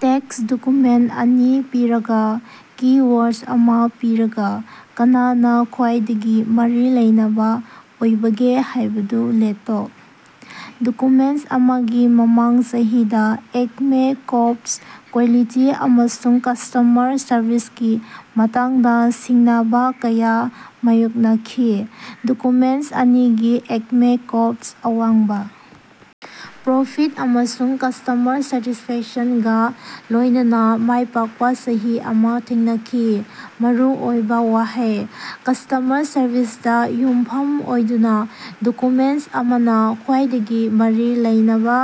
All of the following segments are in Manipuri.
ꯇꯦꯛꯁ ꯗꯣꯀ꯭ꯌꯨꯃꯦꯟꯇ ꯑꯅꯤ ꯄꯤꯔꯒꯥ, ꯀꯤ-ꯋꯥꯔꯗ ꯑꯃꯥ ꯄꯤꯔꯒꯥ ꯀꯅꯥꯅꯥ ꯈ꯭ꯋꯥꯏꯗꯒꯤ ꯃꯔꯤ ꯂꯩꯅꯕꯥ ꯑꯣꯏꯕꯒꯦ ꯍꯥꯏꯕꯗꯨ ꯂꯦꯇꯣ꯫ ꯗꯣꯀꯨꯃꯦꯟꯇ ꯑꯃꯒꯤ ꯃꯃꯥꯡ ꯆꯍꯤꯗꯥ ꯑꯦꯛꯃꯦ ꯀꯣꯞꯁꯅꯥ ꯀ꯭ꯋꯥꯂꯤꯇꯤ ꯑꯃꯁꯨꯡ ꯀꯁ꯭ꯇꯃꯔ ꯁꯔꯕꯤꯁꯀꯤ ꯃꯇꯥꯡꯗꯥ ꯁꯤꯡꯅꯕꯥ ꯀꯌꯥ ꯃꯥꯌꯣꯛꯅꯈꯤ ꯗꯣꯀꯨꯃꯦꯟꯇ ꯑꯅꯤꯒꯤ ꯑꯦꯛꯃꯦ ꯀꯣꯞꯁ ꯑꯋꯥꯡꯕꯥ ꯄ꯭ꯔꯣꯐꯤꯠ ꯑꯃꯁꯨꯡ ꯀꯁ꯭ꯇꯃꯔ ꯁꯦꯇꯤꯁꯐꯦꯛꯁꯟꯒꯥ ꯂꯣꯏꯅꯅꯥ ꯃꯥꯏ ꯄꯥꯛꯄꯥ ꯆꯍꯤ ꯑꯃꯥ ꯊꯦꯡꯅꯈꯤ ꯃꯔꯨꯑꯣꯏꯕꯥ ꯋꯥꯍꯩ: ꯀꯁ꯭ꯇꯃꯔ ꯁꯔꯕꯤꯁꯗꯥ ꯌꯨꯝꯐꯝ ꯑꯣꯏꯗꯨꯅꯥ, ꯗꯣꯀ꯭ꯌꯨꯃꯦꯟꯇ ꯑꯃꯥꯅꯥ ꯈ꯭ꯋꯥꯏꯗꯒꯤ ꯃꯔꯤ ꯂꯩꯅꯕꯥ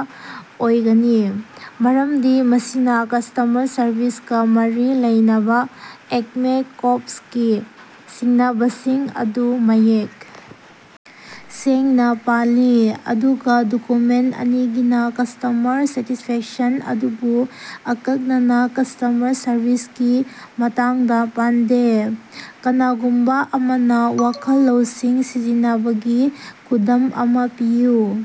ꯑꯣꯏꯒꯅꯤ, ꯃꯔꯝꯗꯤ ꯃꯁꯤꯅꯥ ꯀꯁ꯭ꯇꯃꯔ ꯁꯔꯚꯤꯁꯀꯥ ꯃꯔꯤ ꯂꯩꯅꯕꯥ ꯑꯦꯛꯃꯦ ꯀꯣꯞꯁꯀꯤ ꯁꯤꯡꯅꯕꯁꯤꯡ ꯑꯗꯨ ꯃꯌꯦꯛ ꯁꯦꯡꯅꯥ ꯄꯜꯂꯤ, ꯑꯗꯨꯒꯥ ꯗꯣꯀ꯭ꯌꯨꯃꯦꯟꯇ ꯑꯅꯤꯒꯤꯅꯥ ꯀꯁ꯭ꯇꯃꯔ ꯁꯦꯇꯤꯁꯐꯦꯛꯁꯟ ꯑꯗꯨꯕꯨ ꯑꯀꯛꯅꯅꯥ ꯀꯁ꯭ꯇꯃꯔ ꯁꯔꯚꯤꯁꯀꯤ ꯃꯇꯥꯡꯗꯥ ꯄꯟꯗꯦ꯫ ꯀꯅꯥꯒꯨꯝꯕꯥ ꯑꯃꯅꯥ ꯋꯥꯈꯜ ꯂꯧꯁꯤꯡ ꯁꯤꯖꯤꯟꯅꯕꯒꯤ ꯈꯨꯗꯝ ꯑꯃꯥ ꯄꯤꯌꯨ꯫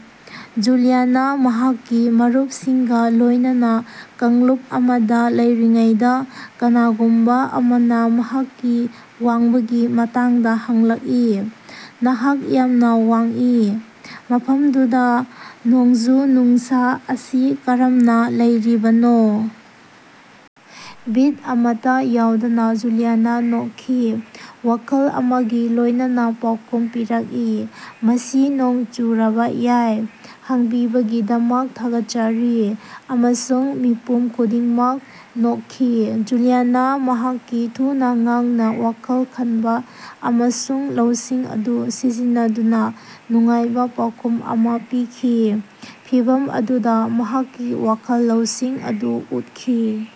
ꯖꯨꯂꯤꯌꯥꯅꯥ ꯃꯍꯥꯛꯀꯤ ꯃꯔꯨꯞꯁꯤꯡꯒꯥ ꯂꯣꯏꯅꯅꯥ ꯀꯥꯡꯂꯨꯞ ꯑꯃꯗꯥ ꯂꯩꯔꯤꯉꯩꯗꯥ ꯀꯅꯥꯒꯨꯝꯕꯥ ꯑꯃꯅꯥ ꯃꯍꯥꯛꯀꯤ ꯋꯥꯡꯕꯒꯤ ꯃꯇꯥꯡꯗꯥ ꯍꯪꯂꯛꯏ, ꯅꯍꯥꯛ ꯌꯥꯝꯅꯥ ꯋꯥꯡꯏ, ꯃꯐꯝꯗꯨꯗꯥ ꯅꯣꯡꯖꯨ-ꯅꯨꯡꯁꯥ ꯑꯁꯤ ꯀꯔꯝꯅꯥ ꯂꯩꯔꯤꯕꯅꯣ? ꯕꯤꯠ ꯑꯃꯠꯇꯥ ꯌꯥꯎꯗꯅꯥ ꯖꯨꯂꯤꯌꯥꯅꯥ ꯅꯣꯛꯈꯤ, ꯋꯥꯈꯜ ꯑꯃꯒꯤ ꯂꯣꯏꯅꯅꯥ ꯄꯥꯎꯈꯨꯝ ꯄꯤꯔꯛꯏ, ꯃꯁꯤ ꯅꯣꯡ ꯆꯨꯔꯕꯥ ꯌꯥꯏ, ꯍꯪꯕꯤꯕꯒꯤꯗꯃꯛ ꯊꯥꯒꯠꯆꯔꯤ ꯑꯃꯁꯨꯡ ꯃꯤꯄꯨꯝ ꯈꯨꯗꯤꯡꯃꯛ ꯅꯣꯛꯈꯤ꯫ ꯖꯨꯂꯤꯌꯥꯅꯥ ꯃꯍꯥꯛꯀꯤ ꯊꯨꯅꯥ ꯉꯥꯡꯅꯥ ꯋꯥꯈꯜ ꯈꯟꯕꯥ ꯑꯃꯁꯨꯡ ꯂꯧꯁꯤꯡ ꯑꯗꯨ ꯁꯤꯖꯤꯟꯅꯗꯨꯅꯥ ꯅꯨꯡꯉꯥꯏꯕꯥ ꯄꯥꯎꯈꯨꯝ ꯑꯃꯥ ꯄꯤꯈꯤ, ꯐꯤꯚꯝ ꯑꯗꯨꯗꯥ ꯃꯍꯥꯛꯀꯤ ꯋꯥꯈꯜ ꯂꯧꯁꯤꯡ ꯑꯗꯨ ꯎꯠꯈꯤ꯫